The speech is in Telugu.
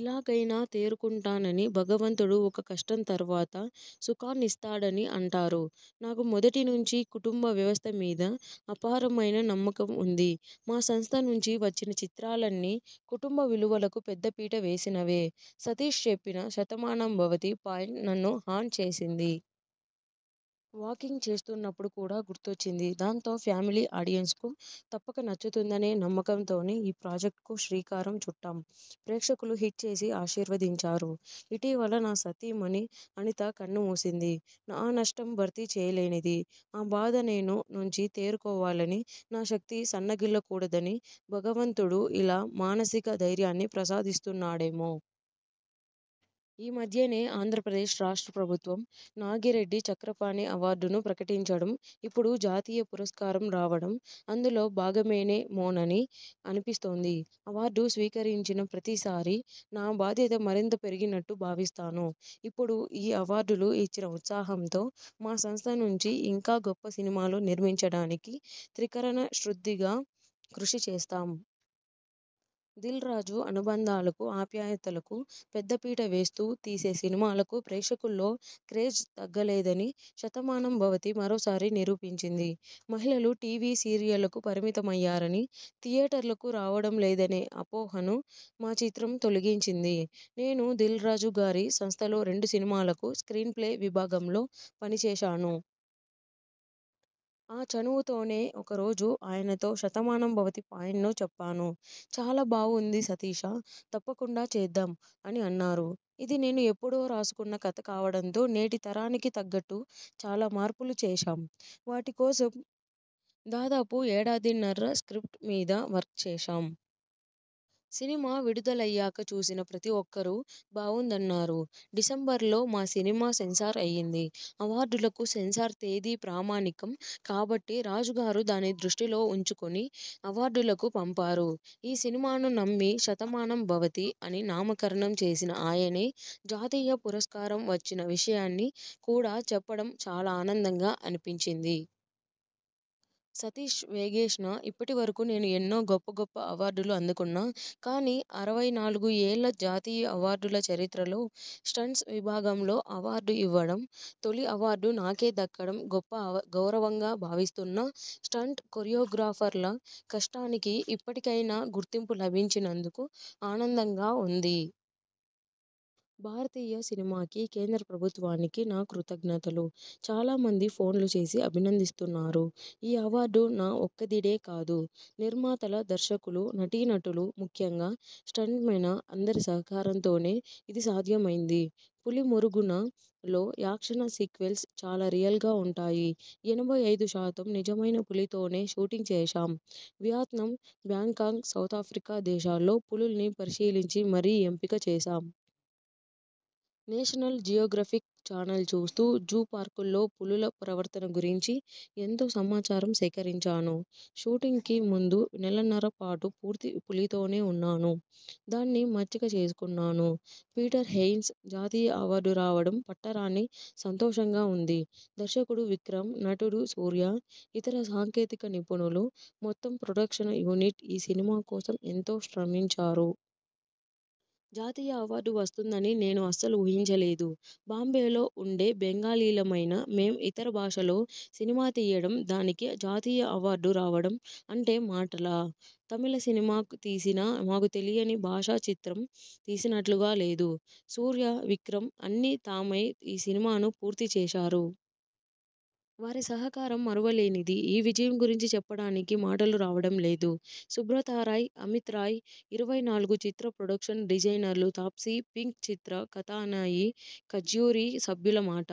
ఇలాగైనా తేరుకుంటానని.. భగవంతుడు ఒక కష్టం తర్వాత సుఖాన్నిస్తాడని అంటారు. నాకు మొదటి నుంచీ కుటుంబ వ్యవస్థమీద అపారమైన నమ్మకం ఉంది. మా సంస్థ నుంచి వచ్చిన చిత్రాలన్నీ కుటుంబ విలువలకు పెద్దపీట వేసినవే. సతీశ్ చెప్పిన 'శతమానం భవతి' పాయింట్ నన్ను హాంట్ చేసింది. వాకింగ్ చేస్తున్నప్పుడు కూడా గుర్తొచ్చింది. దాంతో ఫ్యామిలీ ఆడియన్స్ కు తప్పక నచ్చుతుందనే నమ్మకం తోనే ఈ ప్రాజెక్ట్కు శ్రీకారం చుట్టాం. ప్రేక్షకులు హిట్ చేసి ఆశీర్వదించారు. ఇటీవల నా సతీమణి అనిత కన్నుమూసింది. ఆ నష్టం భర్తీ చేయలేనిది. ఆ బాధ నేను నుంచి తేరుకోవాలని, నా శక్తి సన్నగిల్లకూడదని భగవంతుడు ఇలా మానసిక ధైర్యాన్ని ప్రసాదిస్తున్నాడేమో.. ఈ మధ్యనే ఆంధ్రప్రదేశ్ రాష్ట్ర ప్రభుత్వం నాగిరెడ్డి చక్రపాణి అవార్డును ప్రకటించడం, ఇప్పుడు జాతీయ పురస్కారం రావడం అందులో భాగమేనేమోనని అనిపిస్తోంది. అవార్డు స్వీకరించిన ప్రతిసారీ నా బాధ్యత మరింత పెరిగినట్టు భావిస్తాను. ఇప్పుడు ఈ అవార్డులు ఇచ్చిన ఉత్సాహంతో మా సంస్థ నుంచి ఇంకా గొప్ప సినిమాలు నిర్మించడానికి త్రికరణ శుద్ధిగా కృషి చేస్తాం. దిల్రాజు అనుబంధాలకు, ఆప్యాయతలకు పెద్దపీట వేస్తూ తీసే సినిమాలకు ప్రేక్షకుల్లో క్రేజ్ తగ్గలేదని 'శతమానం భవతి' మరోసారి నిరూపించింది. మహిళలు టీవీ సీరియళ్లకు పరిమితమయ్యారని, థియేటర్లకు రావడం లేదనే అపోహను మా చిత్రం తొలగించింది. నేను దిల్రాజు గారి సంస్థలో రెండు సినిమాలకు స్ర్కీన్ ప్లే విభాగంలో పనిచేశాను. ఆ చనువుతోనే ఒకరోజు ఆయనతో 'శతమానం భవతి' పాయింట్ను చెప్పాను. 'చాలా బావుంది సతీశ తప్పకుండా చేద్దాం' అని అన్నారు. ఇది నేను ఎప్పుడో రాసుకున్న కథ కావడంతో నేటి తరానికి తగ్గట్టు చాలా మార్పులు చేశాం. వాటికోసం దాదాపు ఏడాదిన్నర స్ర్కిప్ట్ మీద వర్క్ చేశాం. సినిమా విడుదలయ్యాక చూసిన ప్రతి ఒక్కరూ బావుందన్నారు. డిసెంబర్లో మా సినిమా సెన్సార్ అయింది. అవార్డులకు సెన్సార్ తేదీ ప్రామాణికం కాబట్టి రాజుగారు దాన్ని దృష్టిలో ఉంచుకుని అవార్డులకు పంపారు. ఈ సినిమాను నమ్మి, 'శతమానం భవతి' అని నామకరణం చేసిన ఆయనే జాతీయ పురస్కారం వచ్చిన విషయాన్ని కూడా చెప్పడం చాలా ఆనందంగా అనిపించింది. సతీశ్ వేగేశ్న ఇప్పటి వరకు నేను ఎన్నో గొప్ప గొప్ప అవార్డులు అందుకున్నా. కానీ, అరవై నాలుగు ఏళ్ల జాతీయ అవార్డుల చరిత్రలో స్టంట్స్ విభాగంలో అవార్డు ఇవ్వడం, తొలి అవార్డు నాకే దక్కడం గొప్ప అ గౌరవంగా భావిస్తున్నా స్టంట్ కొరియోగ్రాఫర్ల కష్టానికి ఇప్పటికైనా గుర్తింపు లభించినందుకు ఆనందంగా ఉంది. భారతీయ సినిమాకి, కేంద్ర ప్రభుత్వానికి నా కృతజ్ఞతలు. చాలా మంది ఫోన్లు చేసి అభినందిస్తున్నారు. ఈ అవార్డు నా ఒక్కదిడే కాదు. నిర్మాతల, దర్శకులు, నటీనటులు, ముఖ్యంగా స్టంట్మెన అందరి సహకారంతోనే ఇది సాధ్యమైంది. 'పులిమురుగన'లో యాక్షన సీక్వెల్స్ చాలా రియల్గా ఉంటాయి. ఎనభై ఐదు శాతం నిజమైన పులితోనే షూటింగ్ చేశాం వియత్నాం, బ్యాంకాంగ్, సౌతాఫ్రికా దేశాల్లో పులుల్ని పరిశీలించి మరీ ఎంపిక చేశాం. నేషనల్ జియోగ్రఫిక్ ఛానల్ చూస్తూ, జూ పార్కుల్లో పులుల ప్రవర్తన గురించి ఎంతో సమాచారం సేకరించాను. షూటింగ్కి ముందు నెలన్నర పాటు పూర్తి పులితోనే ఉన్నాను. దాన్ని మచ్చిక చేసుకున్నాను. పీటర్ హెయిన్స్ జాతీయ అవార్డు రావడం పట్టరాని సంతోషంగా వుంది. దర్శకుడు విక్రమ్, నటుడు సూర్య, ఇతర సాంకేతిక నిపుణులు, మొత్తం ప్రొడక్షన యూనిట్ ఈ సినిమా కోసం ఎంతో శ్రమించారు. జాతీయ అవార్డు వస్తుందని నేను అస్సలు ఊహించలేదు. బాంబేలో వుండే బెంగాలీలమైన మేం ఇతర భాషలో సినిమా తీయడం, దానికి జాతీయ అవార్డు రావడం అంటే మాటలా? తమిళ సినిమా తీసినా మాకు తెలియని భాషా చిత్రం తీసినట్లుగా లేదు. సూర్య, విక్రమ్ అన్నీ తామై ఈ సినిమాను పూర్తి చేశారు. వారి సహకారం మరువలేనిది. ఈ విజయం గురించి చెప్పడానికి మాటలు రావడం లేదు. సుబ్రతారాయ్, అమిత్ రాయ్, 'ఇరవై నాలుగు' చిత్ర ప్రొడక్షన్ డిజైనర్లు తాప్సీ, 'పింక్' చిత్ర కథానాయికజ్యూరీ సభ్యుల మాట